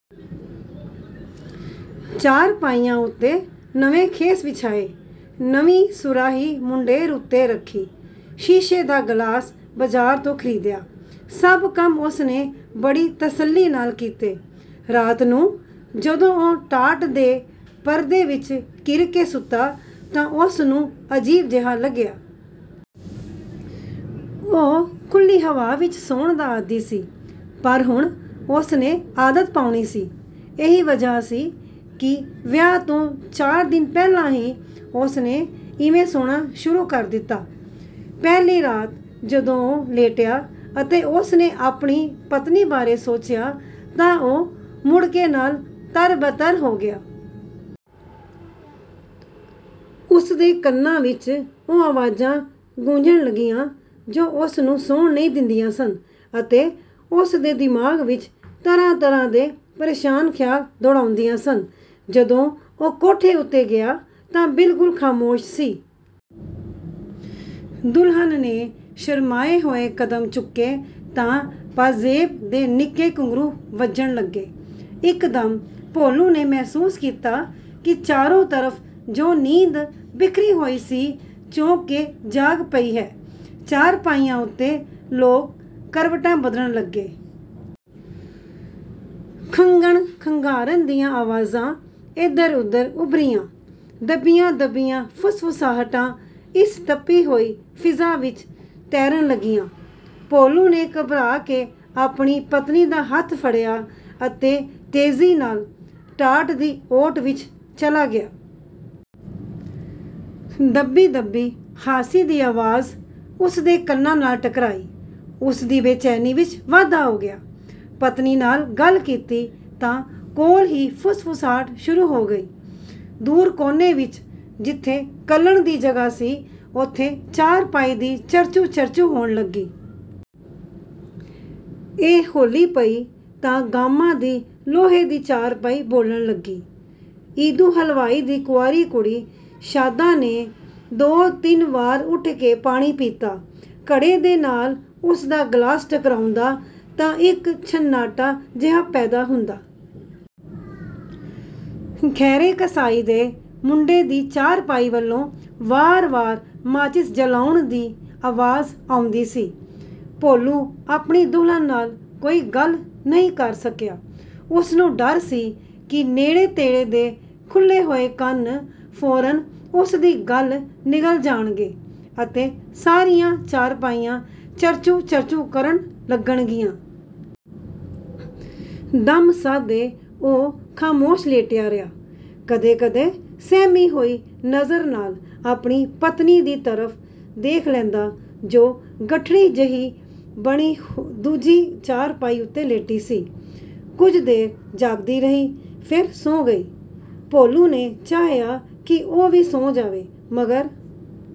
ਚਾਰਪਾਈਆਂ ਉੱਤੇ ਨਵੇਂ ਖੇਸ ਵਿਛਾਏ। ਨਵੀਂ ਸੁਰਾਹੀ ਮੁੰਡੇਰ ਉੱਤੇ ਰੱਖੀ। ਸ਼ੀਸ਼ੇ ਦਾ ਗਲਾਸ ਬਾਜ਼ਾਰ ਤੋਂ ਖ਼ਰੀਦਿਆ। ਸਭ ਕੰਮ ਉਸ ਨੇ ਬੜੀ ਤਸੱਲੀ ਨਾਲ ਕੀਤੇ। ਰਾਤ ਨੂੰ ਜਦੋਂ ਉਹ ਟਾਟ ਦੇ ਪਰਦੇ ਵਿੱਚ ਘਿਰ ਕੇ ਸੁੱਤਾ ਤਾਂ ਉਸ ਨੂੰ ਅਜੀਬ ਜਿਹਾ ਲੱਗਿਆ। ਉਹ ਖੁੱਲ੍ਹੀ ਹਵਾ ਵਿੱਚ ਸੌਣ ਦਾ ਆਦੀ ਸੀ ਪਰ ਹੁਣ ਉਸ ਨੇ ਆਦਤ ਪਾਉਣੀ ਸੀ। ਇਹੀ ਵਜ੍ਹਾ ਸੀ ਕਿ ਵਿਆਹ ਤੋਂ ਚਾਰ ਦਿਨ ਪਹਿਲਾਂ ਹੀ ਉਸ ਨੇ ਇਵੇਂ ਸੌਣਾ ਸ਼ੁਰੂ ਕਰ ਦਿੱਤਾ। ਪਹਿਲੀ ਰਾਤ ਜਦੋਂ ਉਹ ਲੇਟਿਆ ਅਤੇ ਉਸ ਨੇ ਆਪਣੀ ਪਤਨੀ ਬਾਰੇ ਸੋਚਿਆ ਤਾਂ ਉਹ ਮੁੜ੍ਹਕੇ ਨਾਲ ਤਰ-ਬ-ਤਰ ਹੋ ਗਿਆ। ਉਸ ਦੇ ਕੰਨਾਂ ਵਿੱਚ ਉਹ ਆਵਾਜ਼ਾਂ ਗੂੰਜਣ ਲੱਗੀਆਂ ਜੋ ਉਸਨੂੰ ਸੌਣ ਨਹੀਂ ਦਿੰਦੀਆਂ ਸਨ ਅਤੇ ਉਸ ਦੇ ਦਿਮਾਗ਼ ਵਿੱਚ ਤਰ੍ਹਾਂ ਤਰ੍ਹਾਂ ਦੇ ਪਰੇਸ਼ਾਨ ਖ਼ਿਆਲ ਦੌੜਾਉਂਦੀਆਂ ਸਨ। ਜਦੋਂ ਉਹ ਕੋਠੇ ਉੱਤੇ ਗਿਆ ਤਾਂ ਬਿਲਕੁਲ ਖ਼ਾਮੋਸ਼ ਸੀ। ਦੁਲਹਨ ਨੇ ਸ਼ਰਮਾਏ ਹੋਏ ਕਦਮ ਚੁੱਕੇ ਤਾਂ ਪਾਜ਼ੇਬ ਦੇ ਨਿੱਕੇ ਘੁੰਗਰੂ ਵੱਜਣ ਲੱਗੇ। ਇੱਕ ਦਮ ਭੋਲੂ ਨੇ ਮਹਿਸੂਸ ਕੀਤਾ ਕਿ ਚਾਰੋਂ ਤਰਫ਼ ਜੋ ਨੀਂਦ ਬਿਖਰੀ ਹੋਈ ਸੀ ਚੌਂਕ ਕੇ ਜਾਗ ਪਈ ਹੈ। ਚਾਰਪਾਈਆਂ ਉੱਤੇ ਲੋਕ ਕਰਵਟਾਂ ਬਦਲਣ ਲੱਗੇ। ਖੰਘਣ ਖੰਘਾਰਨ ਦੀਆਂ ਆਵਾਜ਼ਾਂ ਏਧਰ ਉੱਧਰ ਉਭਰੀਆਂ। ਦੱਬੀਆਂ ਦੱਬੀਆਂ ਫੁਸਫੁਸਾਹਟਾਂ ਇਸ ਤਪੀ ਹੋਈ ਫ਼ਿਜ਼ਾ ਵਿੱਚ ਤੈਰਨ ਲੱਗੀਆਂ। ਭੋਲੂ ਨੇ ਘਬਰਾ ਕੇ ਆਪਣੀ ਪਤਨੀ ਦਾ ਹੱਥ ਫੜਿਆ ਅਤੇ ਤੇਜ਼ੀ ਨਾਲ ਟਾਟ ਦੀ ਓਟ ਵਿੱਚ ਚਲਾ ਗਿਆ। ਦੱਬੀ ਦੱਬੀ ਹਾਸੀ ਦੀ ਆਵਾਜ਼ ਉਸ ਦੇ ਕੰਨਾਂ ਨਾਲ ਟਕਰਾਈ। ਉਸ ਦੀ ਬੇਚੈਨੀ ਵਿੱਚ ਵਾਧਾ ਹੋ ਗਿਆ। ਪਤਨੀ ਨਾਲ ਗੱਲ ਕੀਤੀ ਤਾਂ ਕੋਲ ਹੀ ਫੁਸਫੁਸਾਹਟ ਸ਼ੁਰੂ ਹੋ ਗਈ। ਦੂਰ ਕੋਨੇ ਵਿੱਚ ਜਿੱਥੇ ਕੱਲਨ ਦੀ ਜਗ੍ਹਾ ਸੀ ਉੱਥੇ ਚਾਰਪਾਈ ਦੀ ਚਰਚੂੰ ਚਰਚੂੰ ਹੋਣ ਲੱਗੀ। ਇਹ ਹੌਲੀ ਪਈ ਤਾਂ ਗਾਮਾ ਦੀ ਲੋਹੇ ਦੀ ਚਾਰਪਾਈ ਬੋਲਣ ਲੱਗੀ। ਈਦੂ ਹਲਵਾਈ ਦੀ ਕੁਆਰੀ ਕੁੜੀ ਸ਼ਾਦਾਂ ਨੇ ਦੋ ਤਿੰਨ ਵਾਰ ਉੱਠ ਕੇ ਪਾਣੀ ਪੀਤਾ। ਘੜੇ ਦੇ ਨਾਲ ਉਸ ਦਾ ਗਲਾਸ ਟਕਰਾਉਂਦਾ ਤਾਂ ਇੱਕ ਛੰਨਾਟਾ ਜਿਹਾ ਪੈਦਾ ਹੁੰਦਾ। ਖੈਰੇ ਕਸਾਈ ਦੇ ਮੁੰਡੇ ਦੀ ਚਾਰਪਾਈ ਵੱਲੋਂ ਵਾਰ ਵਾਰ ਮਾਚਿਸ ਜਲਾਉਣ ਦੀ ਆਵਾਜ਼ ਆਉਂਦੀ ਸੀ। ਭੋਲੂ ਆਪਣੀ ਦੁਲਹਨ ਨਾਲ ਕੋਈ ਗੱਲ ਨਹੀਂ ਕਰ ਸਕਿਆ। ਉਸਨੂੰ ਡਰ ਸੀ ਕਿ ਨੇੜੇ ਤੇੜੇ ਦੇ ਖੁੱਲ੍ਹੇ ਹੋਏ ਕੰਨ ਫ਼ੌਰਨ ਉਸ ਦੀ ਗੱਲ ਨਿਗਲ ਜਾਣਗੇ ਅਤੇ ਸਾਰੀਆਂ ਚਾਰਪਾਈਆਂ ਚਰਚੂੰ ਚਰਚੂੰ ਕਰਨ ਲੱਗਣਗੀਆਂ। ਦਮ ਸਾਧੇ ਉਹ ਖ਼ਾਮੋਸ਼ ਲਿਟਿਆ ਰਿਹਾ। ਕਦੇ ਕਦੇ ਸਹਿਮੀ ਹੋਈ ਨਜ਼ਰ ਨਾਲ ਆਪਣੀ ਪਤਨੀ ਦੀ ਤਰਫ਼ ਦੇਖ ਲੈਂਦਾ ਜੋ ਗਠੜੀ ਜਿਹੀ ਬਣੀ ਦੂਜੀ ਚਾਰਪਾਈ ਉੱਤੇ ਲੇਟੀ ਸੀ। ਕੁੱਝ ਦੇਰ ਜਾਗਦੀ ਰਹੀ, ਫਿਰ ਸੌਂ ਗਈ। ਭੋਲੂ ਨੇ ਚਾਹਿਆ ਕਿ ਉਹ ਵੀ ਸੌਂ ਜਾਵੇ ਮਗਰ